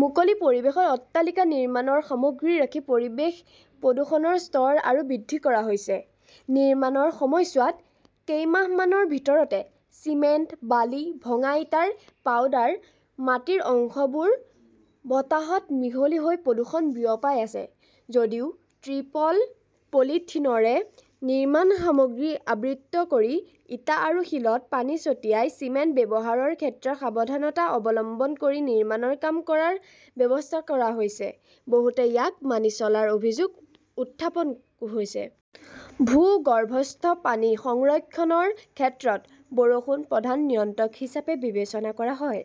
মুকলি পৰিৱেশত অট্টালিকা নিৰ্মাণৰ সামগ্ৰী ৰাখি পৰিৱেশ প্ৰদূষণৰ স্তৰ আৰু বৃদ্ধি কৰা হৈছে। নিৰ্মাণৰ সময়ছোৱাত কেইমাহমানৰ ভিতৰতে চিমেণ্ট-বালি-ভঙা ইটাৰ পাউডাৰ-মাটিৰ অংশবোৰ বতাহত মিহলি হৈ প্ৰদূষণ বিয়পাই আছে। যদিও ত্ৰিপল-পলিথিনৰে নিৰ্মাণ সামগ্ৰী আবৃত কৰি, ইটা আৰু শিলত পানী ছটিয়াই, চিমেণ্ট ব্যৱহাৰৰ ক্ষেত্ৰত সাৱধানতা অৱলম্বন কৰি নিৰ্মাণৰ কাম কৰাৰ ব্যৱস্থা কৰা হৈছে, বহুতে ইয়াক মানি চলাৰ অভিযোগ উত্থাপন হৈছে। ভূগৰ্ভস্থ পানী সংৰক্ষণৰ ক্ষেত্ৰত বৰষুণ প্ৰধান নিয়ন্ত্ৰক হিচাপে বিবেচনা কৰা হয়।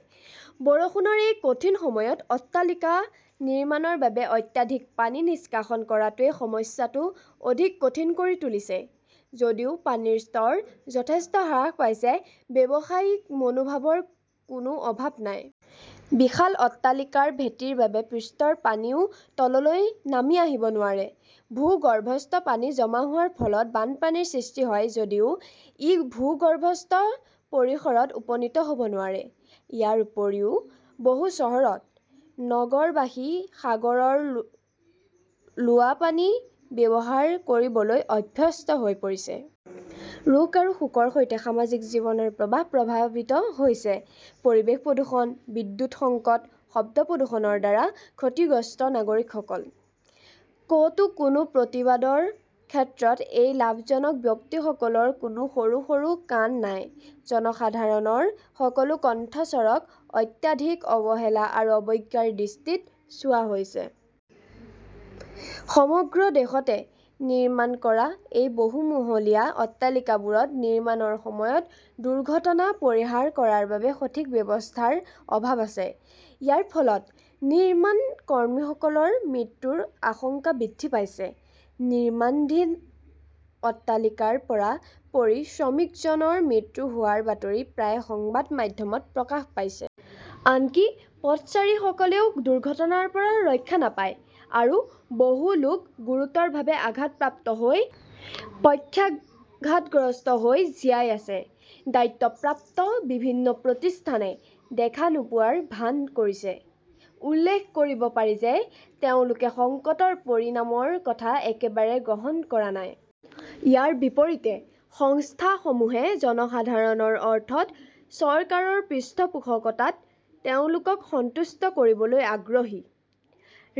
বৰষুণৰ এই কঠিন সময়ত অট্টালিকা নিৰ্মাণৰ বাবে অত্যাধিক পানী নিষ্কাশন কৰাটোৱে সমস্যাটো অধিক কঠিন কৰি তুলিছে। যদিও পানীৰ স্তৰ যথেষ্ট হ্ৰাস পাইছে, ব্যৱসায়িক মনোভাৱৰ কোনো অভাৱ নাই। বিশাল অট্টালিকাৰ ভেটিৰ বাবে পৃষ্ঠৰ পানীও তললৈ নামি আহিব নোৱাৰে। ভূগৰ্ভস্থ পানী জমা হোৱাৰ ফলত বানপানীৰ সৃষ্টি হয় যদিও ই ভূগৰ্ভস্থ পৰিসৰত উপনীত হ'ব নোৱাৰে। ইয়াৰ উপৰিও, বহু চহৰত নগৰবাসী সাগৰৰ লোৱা পানী ব্যৱহাৰ কৰিবলৈ অভ্যস্ত হৈ পৰিছে। ৰোগ আৰু শোকৰ সৈতে সামাজিক জীৱনৰ প্ৰবাহ প্ৰভাৱিত হৈছে। পৰিৱেশ প্ৰদূষণ-বিদ্যুৎ সংকট-শব্দ প্ৰদূষণৰ দ্বাৰা ক্ষতিগ্ৰস্ত নাগৰিকসকল। ক'তো কোনো প্ৰতিবাদৰ ক্ষেত্ৰত এই লাভজনক ব্যক্তিসকলৰ কোনো সৰু সৰু কাণ নাই। জনসাধাৰণৰ সকলো কণ্ঠস্বৰক অত্যাধিক অৱহেলা আৰু অৱজ্ঞাৰ দৃষ্টিত চোৱা হৈছে। সমগ্ৰ দেশতে নিৰ্মাণ কৰা এই বহুমহলীয়া অট্টালিকাবোৰত নিৰ্মাণৰ সময়ত দুৰ্ঘটনা পৰিহাৰ কৰাৰ বাবে সঠিক ব্যৱস্থাৰ অভাৱ আছে। ইয়াৰ ফলত নিৰ্মাণ কৰ্মীসকলৰ মৃত্যুৰ আশংকা বৃদ্ধি পাইছে। নিৰ্মাণধীন অট্টালিকাৰ পৰা পৰি শ্ৰমিকজনৰ মৃত্যু হোৱাৰ বাতৰি প্ৰায়ে সংবাদ মাধ্যমত প্ৰকাশ পাইছে। আনকি পথচাৰীসকলেও দুৰ্ঘটনাৰ পৰা ৰক্ষা নাপায়। আৰু বহু লোক গুৰুতৰভাৱে আঘাতপ্ৰাপ্ত হৈ পক্ষাঘাতগ্ৰস্ত হৈ জীয়াই আছে। দায়িত্বপ্ৰাপ্ত বিভিন্ন প্ৰতিষ্ঠানে দেখা নোপোৱাৰ ভান কৰিছে। উল্লেখ কৰিব পাৰি যে তেওঁলোকে সংকটৰ পৰিণামৰ কথা একেবাৰে গ্ৰহণ কৰা নাই। ইয়াৰ বিপৰীতে, সংস্থাসমূহে জনসাধাৰণৰ অৰ্থত চৰকাৰৰ পৃষ্ঠপোষকতাত তেওঁলোকক সন্তুষ্ট কৰিবলৈ আগ্ৰহী।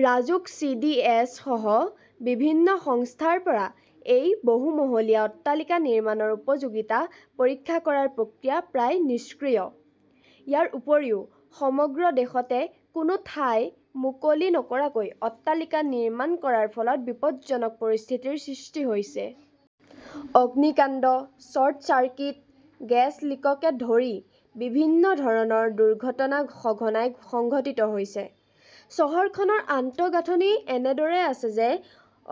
ৰাজুক-চি. ডি. এছ. -সহ বিভিন্ন সংস্থাৰ পৰা এই বহুমহলীয়া অট্টালিকা নিৰ্মাণৰ উপযোগিতা পৰীক্ষা কৰাৰ প্ৰক্ৰিয়া প্ৰায় নিষ্ক্ৰিয়। ইয়াৰ উপৰিও, সমগ্ৰ দেশতে কোনো ঠাই মুকলি নকৰাকৈ অট্টালিকা নিৰ্মাণ কৰাৰ ফলত বিপদজনক পৰিস্থিতিৰ সৃষ্টি হৈছে। অগ্নিকাণ্ড, শ্বৰ্ট চাৰ্কিট, গেছ লিককে ধৰি বিভিন্ন ধৰণৰ দুৰ্ঘটনা সঘনাই সংঘটিত হৈছে। চহৰখনৰ আন্তঃগাঁথনি এনেদৰে আছে যে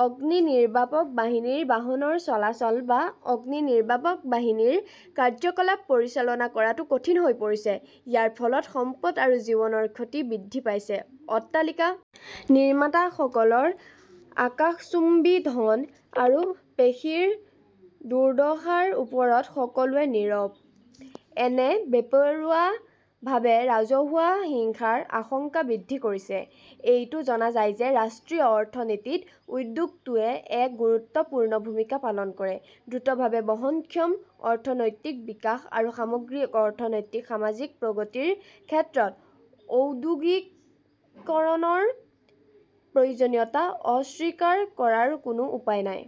অগ্নিনিৰ্বাপক বাহিনীৰ বাহনৰ চলাচল বা অগ্নিনিৰ্বাপক বাহিনীৰ কাৰ্য্যকলাপ পৰিচালনা কৰাটো কঠিন হৈ পৰিছে। ইয়াৰ ফলত সম্পদ আৰু জীৱনৰ ক্ষতি বৃদ্ধি পাইছে। অট্টালিকা নিৰ্মাতাসকলৰ আকাশচুম্বী ধন আৰু পেশীৰ দুৰ্দশাৰ ওপৰত সকলোৱে নীৰৱ। এনে বেপৰোৱাভাৱে ৰাজহুৱা হিংসাৰ আশংকা বৃদ্ধি কৰিছে। এইটো জনা যায় যে ৰাষ্ট্ৰীয় অৰ্থনীতিত উদ্যোগটোৱে এক গুৰুত্বপূৰ্ণ ভূমিকা পালন কৰে। দ্ৰুতভাৱে বহনক্ষম অৰ্থনৈতিক বিকাশ আৰু সামগ্ৰিক অৰ্থনৈতিক-সামাজিক প্ৰগতিৰ ক্ষেত্ৰত ঔদ্যোগিকৰণৰ প্ৰয়োজনীয়তা অস্বীকাৰ কৰাৰ কোনো উপায় নাই।